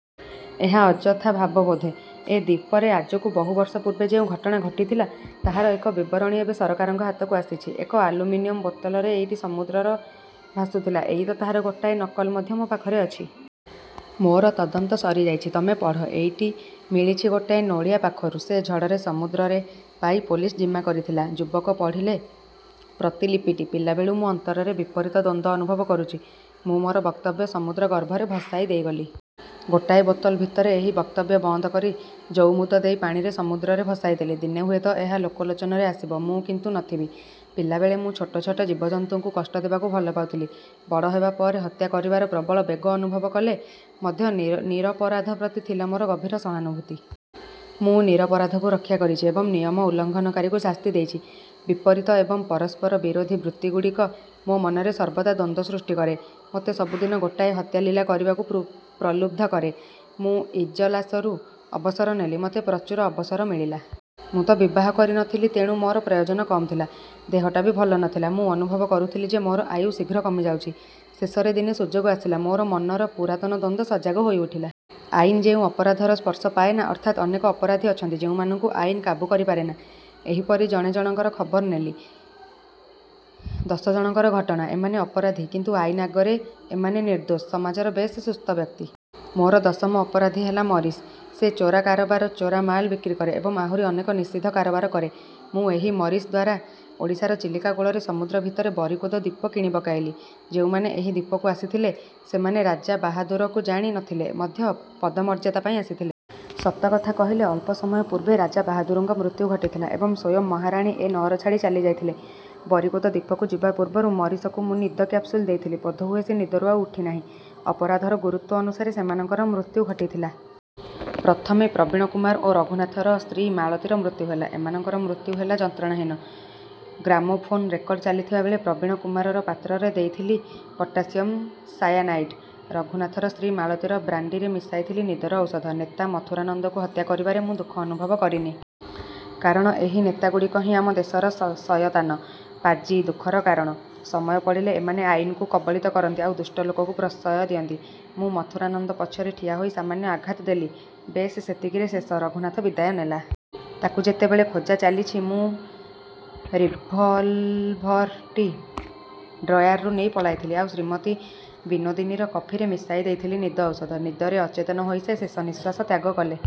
ଏହା ଅଯଥା ଭାବବୋଧ। ଏ ଦ୍ଵୀପରେ ଆଜକୁ ବହୁ ବର୍ଷ ପୂର୍ବେ ଯେଉଁ ଘଟଣା ଘଟିଥିଲା ତାହାର ଏକ ବିବରଣୀ ଏବେ ସରକାରଙ୍କ ହାତକୁ ଆସିଛି। ଏକ ଆଲୁମିନିୟମ ବୋତଲରେ ଏଇଟି ସମୁଦ୍ରରେ ଭାସୁଥିଲା। ଏଇ ତ ତାହାର ଗୋଟାଏ ନକଲ ମଧ୍ୟ ମୋ ପାଖରେ ଅଛି। ମୋର ତଦନ୍ତ ସରିଯାଇଛି। ତମେ ପଢ଼। ଏଇଟି ମିଳିଛି ଗୋଟିଏ ନୋଳିଆ ପାଖରୁ। ସେ ଝଡ଼ରେ ସମୁଦ୍ରରେ ପାଇ ପୋଲିସ ଜିମା କରିଥିଲା। ଯୁବକ ପଢ଼ିଲେ ପ୍ରତିଲିପିଟି, ପିଲାବେଳୁ ମୁଁ ଅନ୍ତରରେ ବିପରୀତ ଦ୍ଵନ୍ଦ୍ୱ ଅନୁଭବ କରୁଛି। ମୁଁ ମୋର ବକ୍ତବ୍ୟ ସମୁଦ୍ର ଗର୍ଭରେ ଭସାଇ ଦେଇଗଲି। ଗୋଟାଏ ବୋତଲ ଭିତରେ ଏହି ବକ୍ତବ୍ୟ ବନ୍ଦ କରି ଜଉମୁଦ ଦେଇ ପାଣିରେ ସମୁଦ୍ରରେ ଭସାଇଦେଲି। ଦିନେ ହୁଏତ ଏହା ଲୋକଲୋଚନରେ ଆସିବ। ମୁଁ କିନ୍ତୁ ନ ଥିବି। ପିଲାବେଳେ ମୁଁ ଛୋଟ ଛୋଟ ଜୀବଜନ୍ତୁଙ୍କୁ କଷ୍ଟ ଦେବାକୁ ଭଲ ପାଉଥିଲି। ବଡ଼ ହେବା ପରେ ହତ୍ୟା କରିବାର ପ୍ରବଳ ବେଗ ଅନୁଭବ କଲେ ମଧ୍ୟ ନିରପରାଧ ପ୍ରତି ଥିଲା ମୋର ଗଭୀର ସହାନୁଭୂତି। ମୁଁ ନିରପରାଧକୁ ରକ୍ଷା କରିଛି ଏବଂ ନିୟମ ଉଲ୍ଲଂଘନକାରୀକୁ ଶାସ୍ତି ଦେଇଛି। ବିପରୀତ ଏବଂ ପରସ୍ପର ବିରୋଧୀ ବୃତ୍ତିଗୁଡ଼ିକ ମୋ ମନରେ ସର୍ବଦା ଦ୍ଵନ୍ଦ୍ୱ ସୃଷ୍ଟି କରେ। ମୋତେ ସବୁଦିନ ଗୋଟାଏ ହତ୍ୟାଲୀଳା କରିବାକୁ ପ୍ରଲୁବ୍ଧ କରେ। ମୁଁ ଇଜଲାସରୁ ଅବସର ନେଲି। ମୋତେ ପ୍ରଚୁର ଅବସର ମିଳିଲା। ମୁଁ ତ ବିବାହ କରି ନ ଥିଲି ତେଣୁ ମୋର ପ୍ରୟୋଜନ କମ୍ ଥିଲା। ଦେହଟା ବି ଭଲ ନ ଥିଲା। ମୁଁ ଅନୁଭବ କରୁଥିଲି ଯେ ମୋର ଆୟୁ ଶୀଘ୍ର କମିଯାଉଛି। ଶେଷରେ ଦିନେ ସୁଯୋଗ ଆସିଲା। ମୋର ମନର ପୁରାତନ ଦ୍ଵନ୍ଦ୍ୱ ସଜାଗ ହୋଇଉଠିଲା। ଆଇନ ଯେଉଁ ଅପରାଧର ସ୍ପର୍ଶ ପାଏନା, ଅର୍ଥାତ୍ ଅନେକ ଅପରାଧୀ ଅଛନ୍ତି ଯେଉଁମାନଙ୍କୁ ଆଇନ କାବୁ କରି ପାରେନା, ଏହିପରି ଜଣ ଜଣଙ୍କର ଖବର ନେଲି। ଦଶ ଜଣଙ୍କର ଘଟଣା। ଏମାନେ ଅପରାଧୀ କିନ୍ତୁ ଆଇନ ଆଖିରେ ଏମାନେ ନିର୍ଦ୍ଦୋଷ, ସମାଜର ବେଶ୍ ସୁସ୍ଥ ବ୍ୟକ୍ତି। ମୋର ଦଶମ ଅପରାଧୀ ହେଲା ମରିସ। ସେ ଚୋରା କାରବାର, ଚୋରା ମାଲ ବିକ୍ରି କରେ ଏବଂ ଆହୁରି ଅନେକ ନିଷିଦ୍ଧ କାରବାର କରେ। ମୁଁ ଏହି ମରିସ ଦ୍ଵାରା ଓଡ଼ିଶାର ଚିଲିକା କୂଳରେ ସମୁଦ୍ର ଭିତରେ ବରିକୁଦ ଦ୍ଵୀପ କିଣିପକାଇଲି। ଯେଉଁମାନେ ଏହି ଦ୍ଵୀପକୁ ଆସିଥିଲେ ସେମାନେ ରାଜାବାହାଦୁରକୁ ଜାଣି ନ ଥିଲେ ମଧ୍ୟ ପଦମର୍ଯ୍ୟାଦା ପାଇଁ ଆସିଥିଲେ। ସତ କଥା କହିଲେ, ଅଳ୍ପ ସମୟ ପୂର୍ବେ ରାଜାବାହାଦୁରଙ୍କ ମୃତ୍ୟୁ ଘଟିଥିଲା ଏବଂ ସ୍ୱୟଂ ମହାରାଣୀ ଏ ନଅର ଛାଡ଼ି ଚାଲିଯାଇଥିଲେ। ବରିକୁଦ ଦ୍ଵୀପକୁ ଯିବା ପୂର୍ବରୁ ମରିସକୁ ମୁଁ ନିଦ କ୍ୟାପସୁଲ ଦେଇଥିଲି। ବୋଧହୁଏ ସେ ନିଦରୁ ଆଉ ଉଠିନାହିଁ। ଅପରାଧର ଗୁରୁତ୍ଵ ଅନୁସାରେ ସେମାନଙ୍କର ମୃତ୍ୟୁ ଘଟିଥିଲା। ପ୍ରଥମେ ପ୍ରବୀଣକୁମାର ଓ ରଘୁନାଥର ସ୍ତ୍ରୀ ମାଳତୀର ମୃତ୍ୟୁ ହେଲା। ଏମାନଙ୍କର ମୃତ୍ୟୁ ହେଲା ଯନ୍ତ୍ରଣାହୀନ। ଗ୍ରାମୋଫୋନ ରେକର୍ଡ଼ ଚାଲିଥିବା ବେଳେ ପ୍ରବୀଣକୁମାରର ପାତ୍ରରେ ଦେଇଥିଲି ପଟାସିୟମ୍ ସାୟାନାଇଡ୍। ରଘୁନାଥର ସ୍ତ୍ରୀ ମାଳତୀର ବ୍ରାଣ୍ଡିରେ ମିଶାଇଥିଲି ନିଦର ଔଷଧ। ନେତା ମଥୁରାନନ୍ଦକୁ ହତ୍ୟା କରିବାରେ ମୁଁ ଦୁଃଖ ଅନୁଭବ କରିନି। କାରଣ ଏହି ନେତାଗୁଡ଼ିକ ହିଁ ଆମ ଦେଶର ଶୟତାନ, ପାଜି, ଦୁଃଖର କାରଣ। ସମୟ ପଡ଼ିଲେ ଏମାନେ ଆଇନକୁ କବଳିତ କରନ୍ତି ଆଉ ଦୁଷ୍ଟ ଲୋକକୁ ପ୍ରଶ୍ରୟ ଦିଅନ୍ତି। ମୁଁ ମଥୁରାନନ୍ଦ ପଛରେ ଠିଆ ହୋଇ ସାମାନ୍ୟ ଆଘାତ ଦେଲି, ବେଶ୍ ସେତିକିରେ ଶେଷ। ରଘୁନାଥ ବିଦାୟ ନେଲା। ତାକୁ ଯେତେବେଳେ ଖୋଜା ଚାଲିଛି ମୁଁ ରିଭଲଭର ଟି ଡ୍ରୟାରରୁ ନେଇ ପଳାଇଥିଲି, ଆଉ ଶ୍ରୀମତୀ ବିନୋଦିନୀର କଫିରେ ମିଶାଇଦେଇଥିଲି ନିଦ ଔଷଧ। ନିଦରେ ଅଚେତନ ହୋଇ ସେ ଶେଷ ନିଶ୍ୱାସ ତ୍ୟାଗ କଲେ।